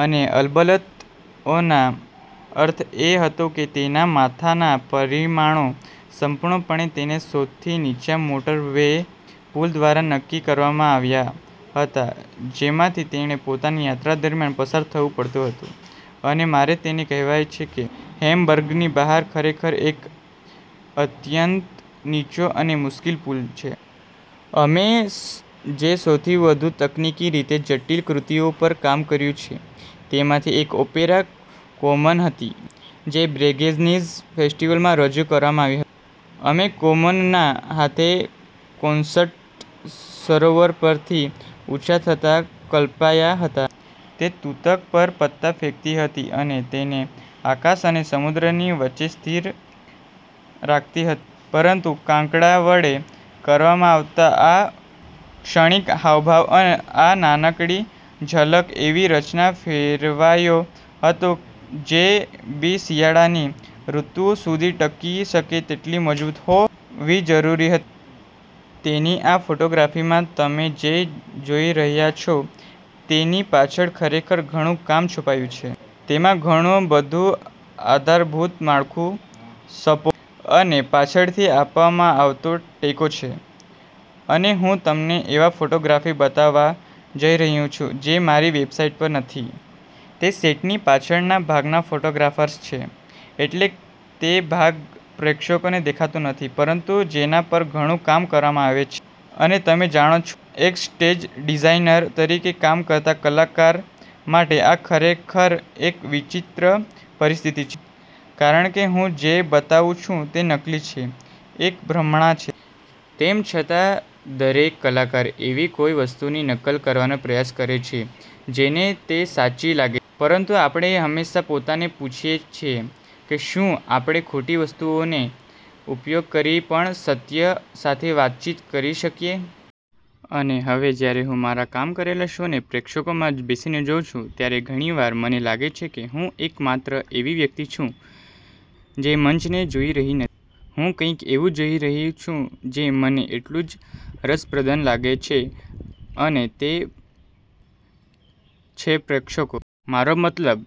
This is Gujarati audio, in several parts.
અને અલબત્ત, ઓનાં અર્થ એ હતો કે તેના માથાના પરિમાણો સંપૂર્ણપણે તે સૌથી નીચા મોટરવે પુલ દ્વારા નક્કી કરવામાં આવ્યા હતા, જેમાંથી તેને પોતાની યાત્રા દરમિયાન પસાર થવું પડતું હતું. અને મારે તમને કહેવું છે કે હેમ્બર્ગની બહાર ખરેખર એક અત્યંત નીચો અને મુશ્કેલ પુલ છે. અમે જે સૌથી વધુ તકનીકી રીતે જટિલ કૃતિઓ પર કામ કર્યું છે, તેમાંની એક ઓપેરા “કોમન” હતી, જે બ્રેગેન્ઝ ફેસ્ટિવલમાં રજૂ કરવામાં આવી હતી. અમે કામનના હાથને કોન્સ્ટન્સ સરોવર પરથી ઊંચા થતા કલ્પ્યા હતા. તે તૂતક પર પત્તા ફેંકતી હતી અને તેને આકાશ અને સમુદ્રની વચ્ચે સ્થિર રાખતી હતી. પરંતુ કાંડા વડે કરવામાં આવતો આ ક્ષણિક હાવભાવ, આ નાનકડી ઝલક, એવી રચનામાં ફેરવાયો હતો જે બે શિયાળાની ઋતુઓ સુધી ટકી શકે તેટલી મજબૂત હોવી જરૂરી હતી. તેની, આ ફોટોગ્રાફી માં તમે જે જોઈ રહ્યા છો તેની પાછળ ખરેખર ઘણું કામ છુપાયેલું છે. તેમાં ઘણું બધું આધારભૂત માળખું, સપોર્ટ અને પાછળથી આપવામાં આવતો ટેકો છે. અને હું તમને એવા ફોટોગ્રાફી બતાવવા જઈ રહી છું જે મારી વેબસાઇટ પર નથી. તે સેટની પાછળના ભાગના ફોટોગ્રાફ્સ છે, એટલે કે તે ભાગ જે પ્રેક્ષકોને દેખાતો નથી, પરંતુ જેના પર ઘણું કામ કરવામાં આવે છે. અને તમે જાણો છો, એક સ્ટેજ ડિઝાઇનર તરીકે કામ કરતા કલાકાર માટે આ ખરેખર એક વિચિત્ર પરિસ્થિતિ છે, કારણ કે હું જે બનાવું છું તે નકલી છે, એક ભ્રમણા છે. તેમ છતાં, દરેક કલાકાર એવી કોઈ વસ્તુની નકલ કરવાનો પ્રયાસ કરે છે જે તેને સાચી લાગે છે. પરંતુ આપણે હંમેશાં પોતાને પૂછીએ છીએ: “શું આપણે ખોટી વસ્તુઓનો ઉપયોગ કરીને પણ સત્ય સાથે વાતચીત કરી શકીએ?” અને હવે જ્યારે હું મારા કામ કરેલા શોને પ્રેક્ષકોમાં બેસીને જોઉં છું, ત્યારે ઘણી વાર મને લાગે છે કે હું એકમાત્ર એવી વ્યક્તિ છું જે મંચને જોઈ રહી નથી. હું કંઈક એવું જોઈ રહી છું જે મને એટલું જ રસપ્રદ લાગે છે, અને તે છે પ્રેક્ષકો. મારો મતલબ,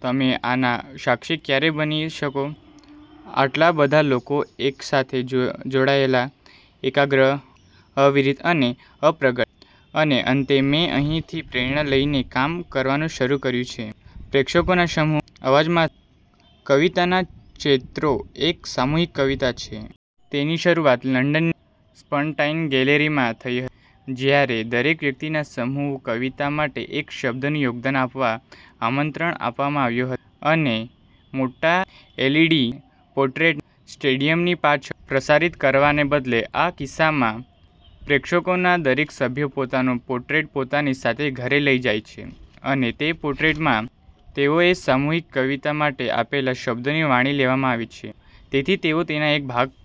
તમે આના સાક્ષી ક્યાં બની શકો? આટલા બધા લોકો એકસાથે જોડાયેલા, એકાગ્ર, અવિરત અને અપ્રગટ. અને અંતે, મેં અહીંથી પ્રેરણા લઈને કામ કરવાનું શરૂ કર્યું છે, પ્રેક્ષકોના સામૂહિક અવાજમાંથી. “કવિતાનાં ચિત્રો” એક સામૂહિક કવિતા છે. તેની શરૂઆત લંડનની સર્પેન્ટાઇન ગેલેરીમાં થઈ હતી, જ્યાં દરેક વ્યક્તિને સામૂહિક કવિતા માટે એક શબ્દનું યોગદાન આપવા આમંત્રણ આપવામાં આવ્યું હતું. અને મોટા એલઇડી પોટ્રેટને સ્ટેડિયમની પાછળ પ્રસારિત કરવાને બદલે, આ કિસ્સામાં, પ્રેક્ષકોનો દરેક સભ્ય પોતાનું પોટ્રેટ પોતાની સાથે ઘરે લઈ જાય છે, અને તે પોટ્રેટમાં તેઓએ સામૂહિક કવિતા માટે આપેલા શબ્દોને વણી લેવામાં આવે છે. તેથી તેઓ તેનો એક ભાગ...